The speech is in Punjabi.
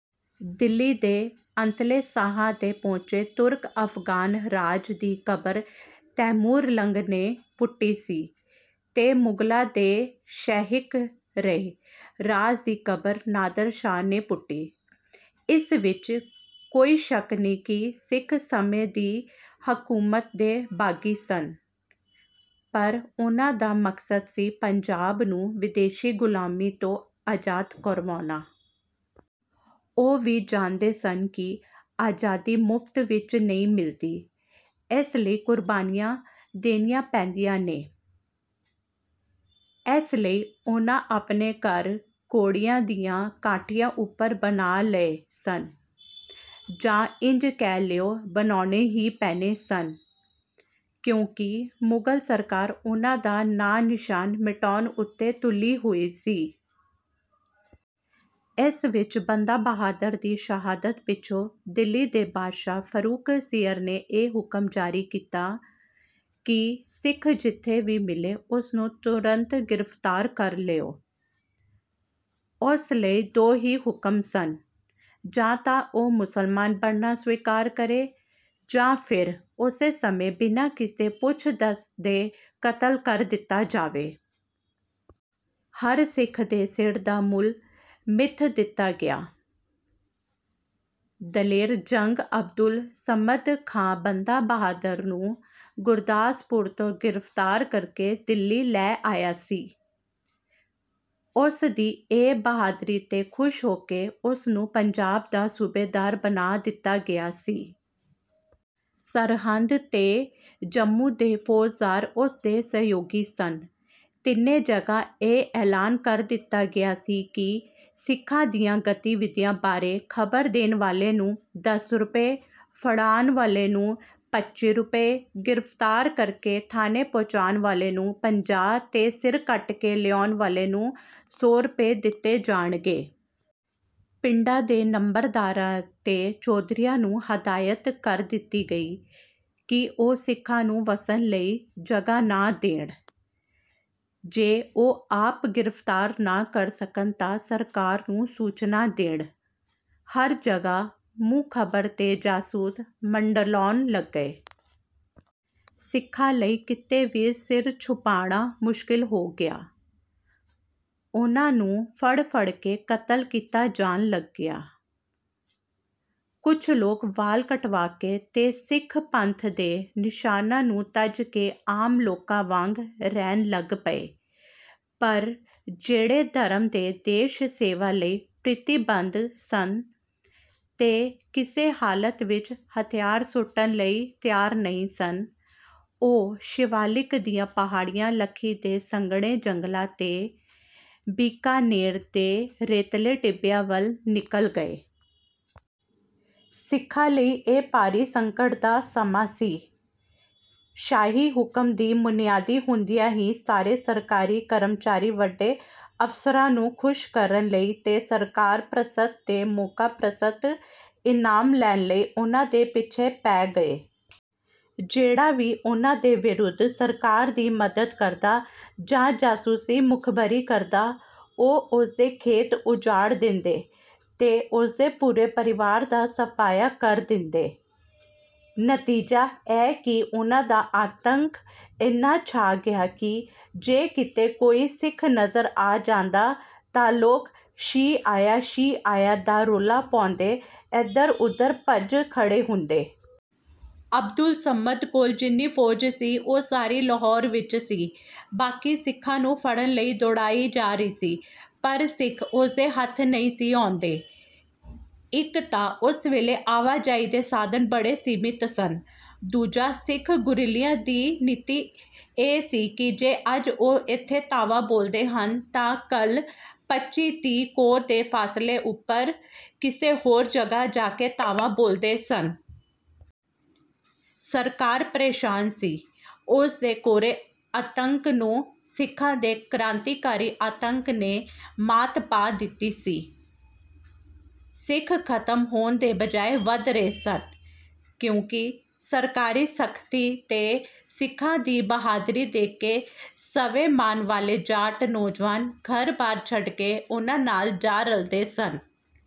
ਦਿੱਲੀ ਦੇ ਅੰਤਲੇ ਸਾਹਾਂ 'ਤੇ ਪਹੁੰਚੇ ਤੁਰਕ-ਅਫਗਾਨ ਰਾਜ ਦੀ ਕਬਰ ਤੈਮੂਰਲੰਗ ਨੇ ਪੁੱਟੀ ਸੀ ਤੇ ਮੁਗਲਾਂ ਦੇ ਸਹਿਕ ਰਹੇ ਰਾਜ ਦੀ ਕਬਰ ਨਾਦਰ ਸ਼ਾਹ ਨੇ ਪੁੱਟੀ। ਇਸ ਵਿੱਚ ਕੋਈ ਸ਼ੱਕ ਨਹੀਂ ਕਿ ਸਿੱਖ ਸਮੇਂ ਦੀ ਹਕੂਮਤ ਦੇ ਬਾਗੀ ਸਨ ਪਰ ਉਹਨਾਂ ਦਾ ਮਕਸਦ ਸੀ ਪੰਜਾਬ ਨੂੰ ਵਿਦੇਸ਼ੀ ਗ਼ੁਲਾਮੀ ਤੋਂ ਆਜ਼ਾਦ ਕਰਵਾਉਣਾ। ਉਹ ਵੀ ਜਾਣਦੇ ਸਨ ਕਿ ਆਜ਼ਾਦੀ ਮੁਫ਼ਤ ਵਿੱਚ ਨਹੀਂ ਮਿਲਦੀ ਇਸ ਲਈ ਕੁਰਬਾਨੀਆਂ ਦੇਣੀਆਂ ਪੈਂਦੀਆਂ ਨੇ। ਇਸ ਲਈ ਉਹਨਾਂ ਆਪਣੇ ਘਰ ਘੋੜਿਆਂ ਦੀਆਂ ਕਾਠੀਆਂ ਉੱਪਰ ਬਣਾ ਲਏ ਸਨ ਜਾਂ ਇੰਜ ਕਹਿ ਲਓ ਬਣਾਉਣੇ ਹੀ ਪੈਣੇ ਸਨ ਕਿਉਂਕਿ ਮੁਗਲ ਸਰਕਾਰ ਉਹਨਾਂ ਦਾ ਨਾਂ-ਨਿਸ਼ਾਨ ਮਿਟਾਉਣ ਉੱਤੇ ਤੁਲੀ ਹੋਈ ਸੀ। ਇਸ ਵਿੱਚ ਬੰਦਾ ਬਹਾਦਰ ਦੀ ਸ਼ਹਾਦਤ ਪਿੱਛੋਂ ਦਿੱਲੀ ਦੇ ਬਾਦਸ਼ਾਹ ਫਰੂੱਖ਼ ਸੀਯਰ ਨੇ ਇਹ ਹੁਕਮ ਜਾਰੀ ਕੀਤਾ ਕਿ ਸਿੱਖ ਜਿੱਥੇ ਵੀ ਮਿਲੇ ਉਸਨੂੰ ਤੁਰੰਤ ਗਿਰਫ਼ਤਾਰ ਕਰ ਲਓ। ਉਸ ਲਈ ਦੋ ਹੀ ਹੁਕਮ ਸਨ: ਜਾਂ ਤਾਂ ਉਹ ਮੁਸਲਮਾਨ ਬਣਨਾ ਸਵੀਕਾਰ ਕਰੇ ਜਾਂ ਫੇਰ ਉਸੇ ਸਮੇਂ ਬਿਨਾਂ ਕਿਸੇ ਪੁੱਛ-ਦੱਸ ਦੇ ਕਤਲ ਕਰ ਦਿੱਤਾ ਜਾਵੇ। ਹਰ ਸਿੱਖ ਦੇ ਸਿਰ ਦਾ ਮੁੱਲ ਮਿਥ ਦਿੱਤਾ ਗਿਆ। ਦਲੇਰ ਜੰਗ ਅਬਦੁਲ ਸਮਦ ਖਾਂ ਬੰਦਾ ਬਹਾਦੁਰ ਨੂੰ ਗੁਰਦਾਸਪੁਰ ਤੋਂ ਗਿਰਫ਼ਤਾਰ ਕਰਕੇ ਦਿੱਲੀ ਲੈ ਆਇਆ ਸੀ। ਉਸ ਦੀ ਇਸ ਬਹਾਦਰੀ 'ਤੇ ਖੁਸ਼ ਹੋ ਕੇ ਉਸਨੂੰ ਪੰਜਾਬ ਦਾ ਸੂਬੇਦਾਰ ਬਣਾ ਦਿੱਤਾ ਗਿਆ ਸੀ। ਸਰਹੰਦ ਤੇ ਜੰਮੂ ਦੇ ਫੌਜਦਾਰ ਉਸ ਦੇ ਸਹਿਯੋਗੀ ਸਨ। ਤਿੰਨੇ ਜਗ੍ਹਾ ਇਹ ਐਲਾਨ ਕਰ ਦਿੱਤਾ ਗਿਆ ਸੀ ਕਿ ਸਿੱਖਾਂ ਦੀਆਂ ਗਤੀਵਿਧੀਆਂ ਬਾਰੇ ਖਬਰ ਦੇਣ ਵਾਲੇ ਨੂੰ ਦਸ ਰੁਪਏ, ਫੜਾਉਣ ਵਾਲੇ ਨੂੰ ਪੱਚੀ ਰੁਪਏ, ਗਿਰਫ਼ਤਾਰ ਕਰਕੇ ਥਾਨੇ ਪਹੁੰਚਾਉਣ ਵਾਲੇ ਨੂੰ ਪੰਜਾਹ ਤੇ ਸਿਰ ਕੱਟ ਕੇ ਲਿਆਉਣ ਵਾਲੇ ਨੂੰ ਸੌ ਰੁਪਏ ਦਿੱਤੇ ਜਾਣਗੇ। ਪਿੰਡਾਂ ਦੇ ਨੰਬਰਦਾਰਾਂ ਤੇ ਚੌਧਰੀਆਂ ਨੂੰ ਹਦਾਇਤ ਕਰ ਦਿੱਤੀ ਗਈ ਕਿ ਉਹ ਸਿੱਖਾਂ ਨੂੰ ਵੱਸਣ ਲਈ ਜਗ੍ਹਾ ਨਾ ਦੇਣ। ਜੇ ਉਹ ਆਪ ਗਿਰਫ਼ਤਾਰ ਨਾ ਕਰ ਸਕਣ ਤਾਂ ਸਰਕਾਰ ਨੂੰ ਸੂਚਨਾ ਦੇਣ। ਹਰ ਜਗ੍ਹਾ ਮੁਖਬਰ ਤੇ ਜਾਸੂਸ ਮੰਡਲਾਉਣ ਲੱਗੇ। ਸਿੱਖਾਂ ਲਈ ਕਿਤੇ ਵੀ ਸਿਰ ਛੁਪਾਉਣਾ ਮੁਸ਼ਕਲ ਹੋ ਗਿਆ। ਉਹਨਾਂ ਨੂੰ ਫੜ੍ਹ-ਫੜ੍ਹ ਕੇ ਕਤਲ ਕੀਤਾ ਜਾਣ ਲੱਗਿਆ। ਕੁਝ ਲੋਕ ਵਾਲ ਕਟਵਾ ਕੇ ਤੇ ਸਿੱਖ ਪੰਥ ਦੇ ਨਿਸ਼ਾਨਾਂ ਨੂੰ ਤਜ ਕੇ ਆਮ ਲੋਕਾਂ ਵਾਂਗ ਰਹਿਣ ਲੱਗ ਪਏ ਪਰ ਜਿਹੜੇ ਧਰਮ ਤੇ ਦੇਸ਼-ਸੇਵਾ ਲਈ ਪ੍ਰੀਤੀਬੱਧ ਸਨ ਤੇ ਕਿਸੇ ਹਾਲਤ ਵਿੱਚ ਹਥਿਆਰ ਸੁੱਟਣ ਲਈ ਤਿਆਰ ਨਹੀਂ ਸਨ ਉਹ ਸ਼ਿਵਾਲਿਕ ਦੀਆਂ ਪਹਾੜੀਆਂ ਲੱਖੀ ਦੇ ਸੰਘਣੇ ਜੰਗਲਾਂ ਤੇ ਬੀਕਾਨੇਰ ਦੇ ਰੇਤਲੇ ਟਿੱਬਿਆਂ ਵੱਲ ਨਿਕਲ ਗਏ। ਸਿੱਖਾਂ ਲਈ ਇਹ ਭਾਰੀ ਸੰਕਟ ਦਾ ਸਮਾਂ ਸੀ। ਸ਼ਾਹੀ ਹੁਕਮ ਦੀ ਮੁਨਿਆਦੀ ਹੁੰਦਿਆਂ ਹੀ ਸਾਰੇ ਸਰਕਾਰੀ ਕਰਮਚਾਰੀ ਵੱਡੇ ਅਫਸਰਾਂ ਨੂੰ ਖੁਸ਼ ਕਰਨ ਲਈ ਤੇ ਸਰਕਾਰ-ਪ੍ਰਸਤ ਤੇ ਮੌਕਾ-ਪ੍ਰਸਤ ਇਨਾਮ ਲੈਣ ਲਈ ਉਹਨਾਂ ਦੇ ਪਿੱਛੇ ਪੈ ਗਏ। ਜਿਹੜਾ ਵੀ ਉਹਨਾਂ ਦੇ ਵਿਰੁੱਧ ਸਰਕਾਰ ਦੀ ਮਦਦ ਕਰਦਾ ਜਾਂ ਜਾਸੂਸੀ ਮੁਖਬਰੀ ਕਰਦਾ ਉਹ ਉਸਦੇ ਖੇਤ ਉਜਾੜ ਦਿੰਦੇ ਤੇ ਉਸਦੇ ਪੂਰੇ ਪਰਿਵਾਰ ਦਾ ਸਫਾਇਆ ਕਰ ਦਿੰਦੇ। ਨਤੀਜਾ ਇਹ ਕਿ ਉਹਨਾਂ ਦਾ ਆਤੰਕ ਇੰਨਾ ਛਾ ਗਿਆ ਕਿ ਜੇ ਕਿਤੇ ਕੋਈ ਸਿੱਖ ਨਜ਼ਰ ਆ ਜਾਂਦਾ ਤਾਂ ਲੋਕ 'ਸ਼ੀਹ ਆਇਆ ਸ਼ੀਹ ਆਇਆ' ਦਾ ਰੌਲਾ ਪਾਉਂਦੇ ਏਧਰ-ਉਧਰ ਭੱਜ ਖੜ੍ਹੇ ਹੁੰਦੇ। ਅਬਦੁੱਲ ਸਮਦ ਕੋਲ ਜਿੰਨੀ ਫੌਜ ਸੀ ਉਹ ਸਾਰੀ ਲਾਹੌਰ ਵਿੱਚ ਸੀ ਬਾਕੀ ਸਿੱਖਾਂ ਨੂੰ ਫੜ੍ਹਨ ਲਈ ਦੌੜਾਈ ਜਾ ਰਹੀ ਸੀ ਪਰ ਸਿੱਖ ਉਸਦੇ ਹੱਥ ਨਹੀਂ ਸੀ ਆਉਂਦੇ। ਇੱਕ ਤਾਂ ਉਸ ਵੇਲੇ ਆਵਾਜਾਈ ਦੇ ਸਾਧਨ ਬੜੇ ਸੀਮਿਤ ਸਨ ਦੂਜਾ ਸਿੱਖ ਗੁਰੀਲਿਆਂ ਦੀ ਨੀਤੀ ਇਹ ਸੀ ਕਿ ਜੇ ਅੱਜ ਉਹ ਇੱਥੇ ਧਾਵਾ ਬੋਲਦੇ ਹਨ ਤਾਂ ਕੱਲ੍ਹ ਪੱਚੀ-ਤੀਹ ਕੋਹ ਦੇ ਫਾਸਲੇ ਉੱਪਰ ਕਿਸੇ ਹੋਰ ਜਗ੍ਹਾ ਜਾ ਕੇ ਧਾਵਾ ਬੋਲਦੇ ਸਨ। ਸਰਕਾਰ ਪ੍ਰੇਸ਼ਾਨ ਸੀ। ਉਸ ਦੇ ਕੋਰੇ-ਅਤੰਕ ਨੂੰ ਸਿੱਖਾਂ ਦੇ ਕਰਾਂਤੀਕਾਰੀ-ਆਤੰਕ ਨੇ ਮਾਤ ਪਾ ਦਿੱਤੀ ਸੀ। ਸਿੱਖ ਖਤਮ ਹੋਣ ਦੇ ਬਜਾਏ ਵਧ ਰਹੇ ਸਨ ਕਿਉਂਕਿ ਸਰਕਾਰੀ ਸਖਤੀ ਤੇ ਸਿੱਖਾਂ ਦੀ ਬਹਾਦਰੀ ਦੇਖ ਕੇ ਸਵੈਮਾਨ ਵਾਲੇ ਜਾਟ ਨੌਜਵਾਨ ਘਰ-ਬਾਰ ਛੱਡ ਕੇ ਉਹਨਾਂ ਨਾਲ ਜਾ ਰਲਦੇ ਸਨ।